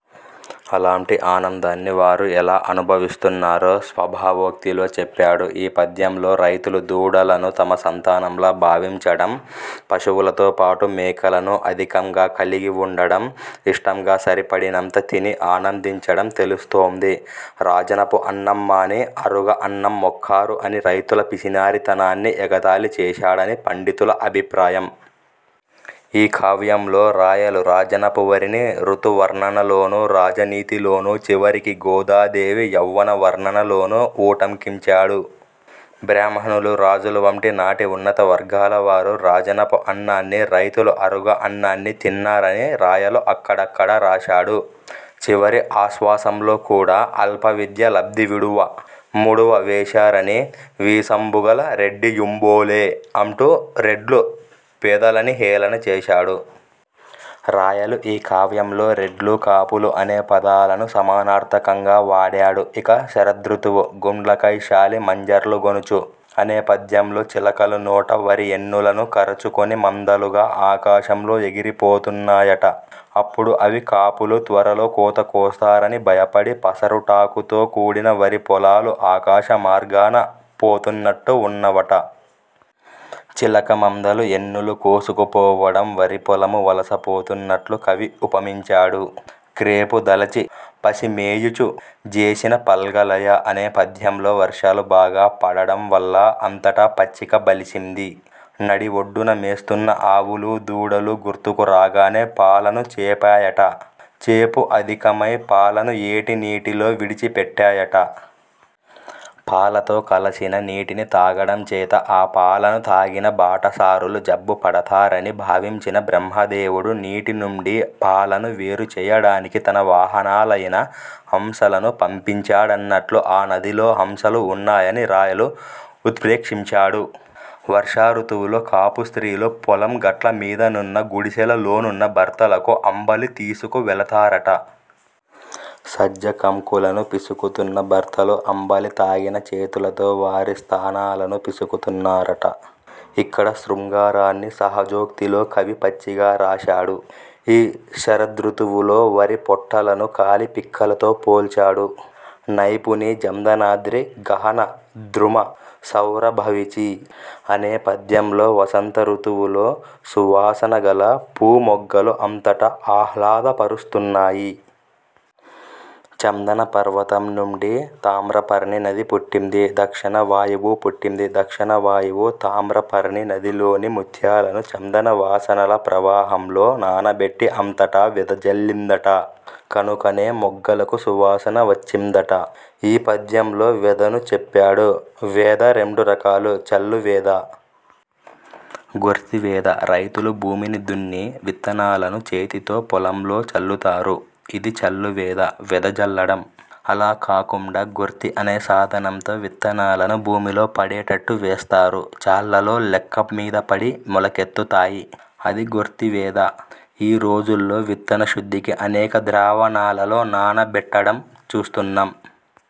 అలాంటి ఆనందాన్ని వారు ఎలా అనుభవిస్తున్నారో స్వభావోక్తిలో చెప్పాడు. ఈ పద్యంలో రైతులు దూడలను తమ సంతానంలా భావించడం, పశువులతో పాటు మేకలను అధికంగా కలిగి ఉండడం, ఇష్టంగా సరి పడినంత తిని ఆనందించడం తెలుస్తోంది. రాజనపు అన్నం మాని ఆరుగ అన్నం మెక్కారు అని రైతుల పిసినారితనాన్ని ఎగతాళి చేశాడని పండితుల అభిప్రాయం. ఈ కావ్యంలో రాయలు రాజనపు వరిని ఋతు వర్ణనలోను, రాజనీతిలోను, చివరికి గోదాదేవి యౌవనవర్ణనలోనూ ఉటంకించాడు. బ్రాహ్మ ణులు, రాజులు వంటి నాటి ఉన్నతవర్గాలవారు రాజనపు అన్నాన్ని, రైతులు ఆరుగ అన్నాన్ని తిన్నారని రాయలు అక్కడక్కడ రాశాడు. చివరిఆశ్వాసంలో కూడా ''అల్ప విద్యా లబ్ధి విడువ, ముడువ వేసారని వీసంబుగల రెడ్డియుంబోలె'' అంటూ రెడ్లు పేదలని హేళనచేశాడు. రాయలు ఈ కావ్యంలో రెడ్లు, కాపులు అనే పదాలను సమానార్థకంగా వాడాడు. ఇక శరదృతువు-- ''గూండ్లకై శాలి మంజరుల్గొనుచు'' అనే పద్యంలో చిలకలు నోట వరి ఎన్నులను కరచుకొని మందలుగా ఆకాశంలో ఎగిరిపోతున్నాయట. అప్పుడు అవి కాపులు త్వరలో కోత కోస్తారని భయపడి పసరుటాకుతో కూడిన వరి పొలాలు ఆకాశమార్గాన పోతున్నట్టు ఉన్నవట. చిలక మందలు ఎన్నులుకోసుకుపోవడం వరిపొలము వలసపోతున్నట్లు కవి ఉపమించాడు. ''క్రేపుదలచి పసి మేయుచు జేసిన పాల్గలయ'', అనే పద్యంలో వర్షాలు బాగా పడడంవల్ల అంతటా పచ్చిక బలిసింది. నదిఒడ్డున మేస్తున్న ఆవులు దూడలు గుర్తుకు రాగానే పాలను చేపా యట. చేపు అధికమై పాలను ఏటి నీటిలో విడిచి పెట్టాయట. పాలతో కలసిన నీటిని తాగడం చేత ఆ పాలను తాగిన బాటసారులు జబ్బు పడతారని భావించిన బ్రహ్మదేవుడు నీటినుండి పాలను వేరుచేయడానికి తన వాహనా లయిన హంసలను పంపించాడన్నట్లు ఆ నదిలో హంసలు ఉన్నాయని రాయలు ఉత్ర్పేక్షించాడు. వర్ష ఋతువులో కాపు స్త్రీలు పొలం గట్ల మీదనున్న గుడిసెల లోనున్న భర్తలకు అంబలి తీసుకు వెళతారట. సజ్జ కంకులను పిసుకుతున్న భర్తలు అంబలి తాగిన చేతులతో వారి స్తనాలను పిసుకుతున్నారట. ఇక్కడ శృంగారాన్ని సహజోక్తిలో కవి పచ్చిగా రాశాడు. ఈ శరదృతువులో వరిపొట్టలను కాలి పిక్కలతో పోల్చాడు. ''నైపుణి జందనాద్రి గహన ద్రుమ సౌరభవీచి '' అనే పద్యంలో వసంత ఋతువులో సువాసన గల పూమొగ్గలు అంతటా ఆహ్లాద పరుస్తున్నాయి. చందన పర్వతం నుండి తామ్రపర్ణీ నది పుట్టింది. దక్షిణ వాయువూ పుట్టింది. దక్షిణ వాయువు తామ్రపర్ణీ నదిలోని ముత్యాలను చందన వాసనల ప్రవాహంలో నానబెట్టి అంతటా వెదజల్లిందట. కనుకనే మొగ్గలకు సువాసన వచ్చిందట. ఈ పద్యంలో వెదను చెప్పాడు. వెద రెండు రకాలు. చల్లు వెద. గొర్తి వెద. రైతులు భూమిని దున్ని విత్తనాలను చేతితో పొలంలో చల్లుతారు. ఇది చల్లు వెద. వెదజల్లడం. అలా కాకుండా గొర్తి అనే సాధనంతో విత్తనాలను భూమిలో పడేటట్టు వేస్తారు. చాళ్లలో లెక్క మీద పడి, మొలకెత్తుతాయి. అది గొర్తివెద. ఈ రోజుల్లో విత్తనశుద్ధికి అనేక ద్రావణాలలో నానబెట్టడం చూస్తున్నాం.